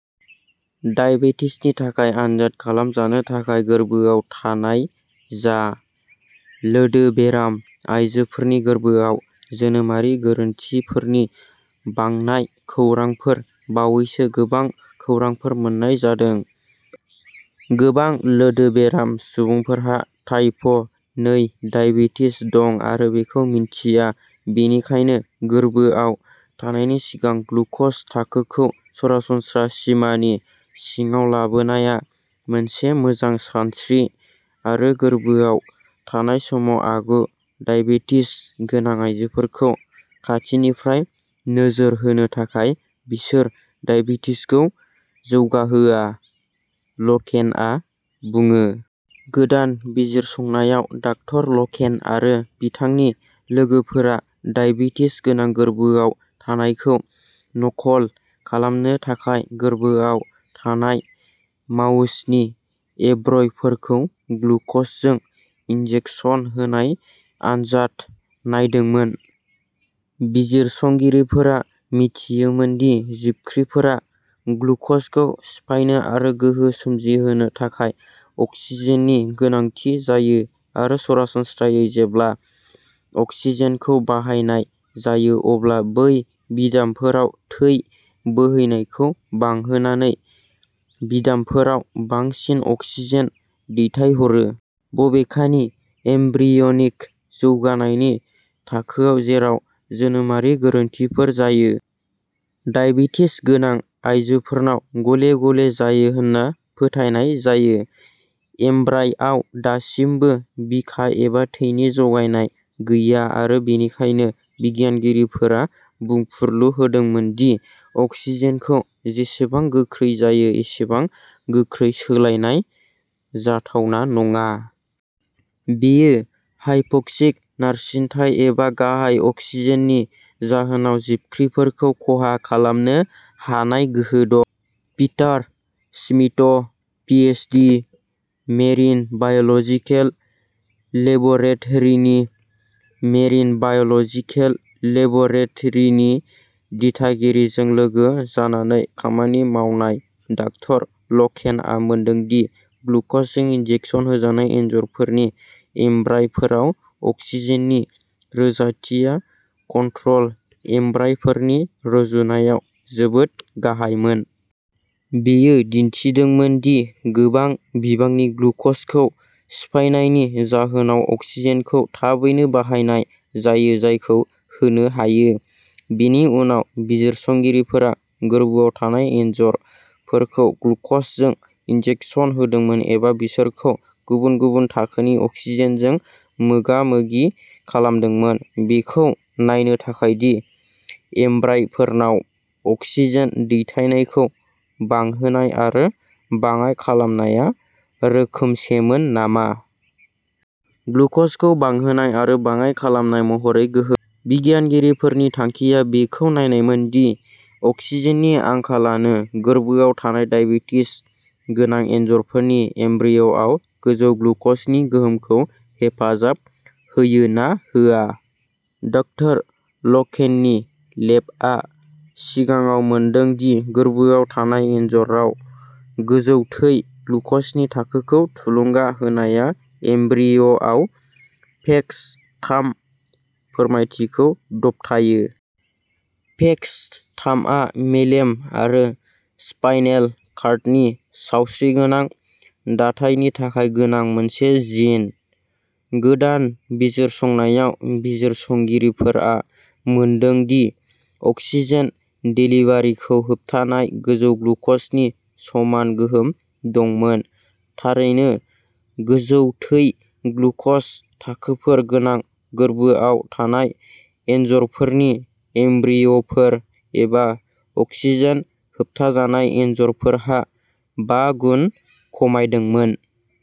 दाइबेटिसनि थाखाय आनजाद खालामजानो थाखाय गोर्बोआव थानाय जा। लोदोबेराम आयजोफोरनि गोर्बोआव जोनोमारि गोरोन्थिफोरनि बांनाय खौरांफोर बावैसो गोबां खौरांफोर मोन्नाय जादों। "गोबां लोदोबेराम सुबुंफोरहा टाइप' नै दाइबेटिस दं आरो बेखौ मिन्थिया, बेनिखायनो गोर्बोआव थानायनि सिगां ग्लुक'ज थाखोखौ सरासनस्रा सिमानि सिङाव लाबोनाया मोनसे मोजां सानस्रि, आरो गोर्बोआव थानाय समाव आगु दाइबेटिस गोनां आयजोफोरखौ खाथिनिफ्राय नोजोर होनो थाखाय बिसोर दाइबेटिसखौ जौगाहोआ" लकेनआ बुङो। गोदान बिजिरसंनायाव, डाक्टर लकेन आरो बिथांनि लोगोफोरा दाइबेटिस गोनां गोर्बोआव थानायखौ नकल खालामनो थाखाय गोरबोआव थानाय माउसनि एम्ब्रयफोरखौ ग्लुकजजों इनजेकसन होनाय आनजाद नायदोंमोन। बिजिरसंगिरिफोरा मिथियोमोन दि जिबख्रिफोरा ग्लुकजखौ सिफायनो आरो गोहो सोमजिहोनो थाखाय अक्सिजेननि गोनांथि जायो, आरो सरासनस्रायै, जेब्ला अक्सिजेनखौ बाहायनाय जायो, अब्ला बै बिदामफोराव थै बोहैनायखौ बांहोनानै बिदामफोराव बांसिन अक्सिजेन दैथायहरो। बबेखानि, एम्ब्रियनिक जौगानायनि थाखोआव जेराव जोनोमारि गोरोन्थिफोर जायो। डायबेटिस गोनां आइजोफोरनाव गले गले जायो होनना फोथायनाय जायो, एम्ब्रायआव दासिमबो बिखा एबा थैनि जगायनाय गैया, आरो बेनिखायनो बिगियानगिरिफोरा बुंफुरलु होदोंमोन दि अक्सिजेनखौ जेसेबां गोख्रै जायो एसेबां गोख्रै सोलायनाय जाथावना नङा। बेयो हायपक्सिक नारसिनथाय, एबा गाहाय अक्सिजेन नि जाहोनाव जिबख्रिफोरखौ खहा खालामनो हानाय गोहो दं। Peter Smith', P H. D., marine biological लेब'रेट'रिनि मेरिन बाय'लजिकेल लेब'रेट'रिनि दिथागिरिजों लोगो जानानै खामानि मावनाय, डाक्टर ल'केनआ मोनदों दि ग्लुक'जजों इन्जेकसन होजानाय एनजर'फोरनि एम्ब्रायफोराव अक्सिजेननि रोजाथिया कन्ट्रल एम्ब्रायफोरनि रुजुनायाव जोबोद गाहायमोन। बेयो दिन्थिदोंमोन दि गोबां बिबांनि ग्लुक'जखौ सिफायनायनि जाहोनाव अक्सिजेनखौ थाबैनो बाहायनाय जायो जायखौ होनो हायो। बेनि उनाव बिजिरसंगिरिफोरा गोरबोआव थानाय एनजर'फोरखौ ग्लुक'जजों इन्जेकसन होदोंमोन, एबा बिसोरखौ गुबुन गुबुन थाखोनि अक्सिजेनजों मोगामोगि खालामदोंमोन बेखौ नायनो थाखाय दि एम्ब्रायफोरनाव अक्सिजेन दैथायनायखौ बांहोनाय आरो बाङाइ खालामनाया रोखोमसेमोन नामा। ग्लुकजखौ बांहोनाय आरो बाङाइ खालामनाय महरै गोहोम। बिगियानगिरिफोरनि थांखिया बेखौ नायनायमोन दि अक्सिजेननि आंखालानो गोरबोआव थानाय दाइबेटिस गोनां एनजरफोरनि एमब्रिय'आव गोजौ ग्लुकजनि गोहोमखौ हेफाजाब होयो ना होआ। डाक्टार ल'केननि लेबआ सिगाङाव मोनदों दि गोरबोआव थानाय एनजराव गोजौ थै ग्लुकजनि थाखोखौ थुलुंगा होनाया एमब्रिय'आव पेक्स थाम फोरमायथिखौ दबथायो। पेक्स थामआ मेलेम आरो स्पाइनेल कर्डनि सावस्रिगोनां दाथायनि थाखाय गोनां मोनसे जिन। गोदान बिजिरसंनायाव, बिजिरसंगिरिफोरा मोनदों दि अक्सिजेन देलिभारिखौ होबथानाय गोजौ ग्लुक'जनि समान गोहोम दंमोन। थारैनो, गोजौ थै ग्लुकज थाखोफोर गोनां गोरबोआव थानाय एनजरफोरनि एमब्रिय'फोर, एबा अक्सिजेन होबथाजानाय एनजरफोरहा बा गुन खमायदोंमोन।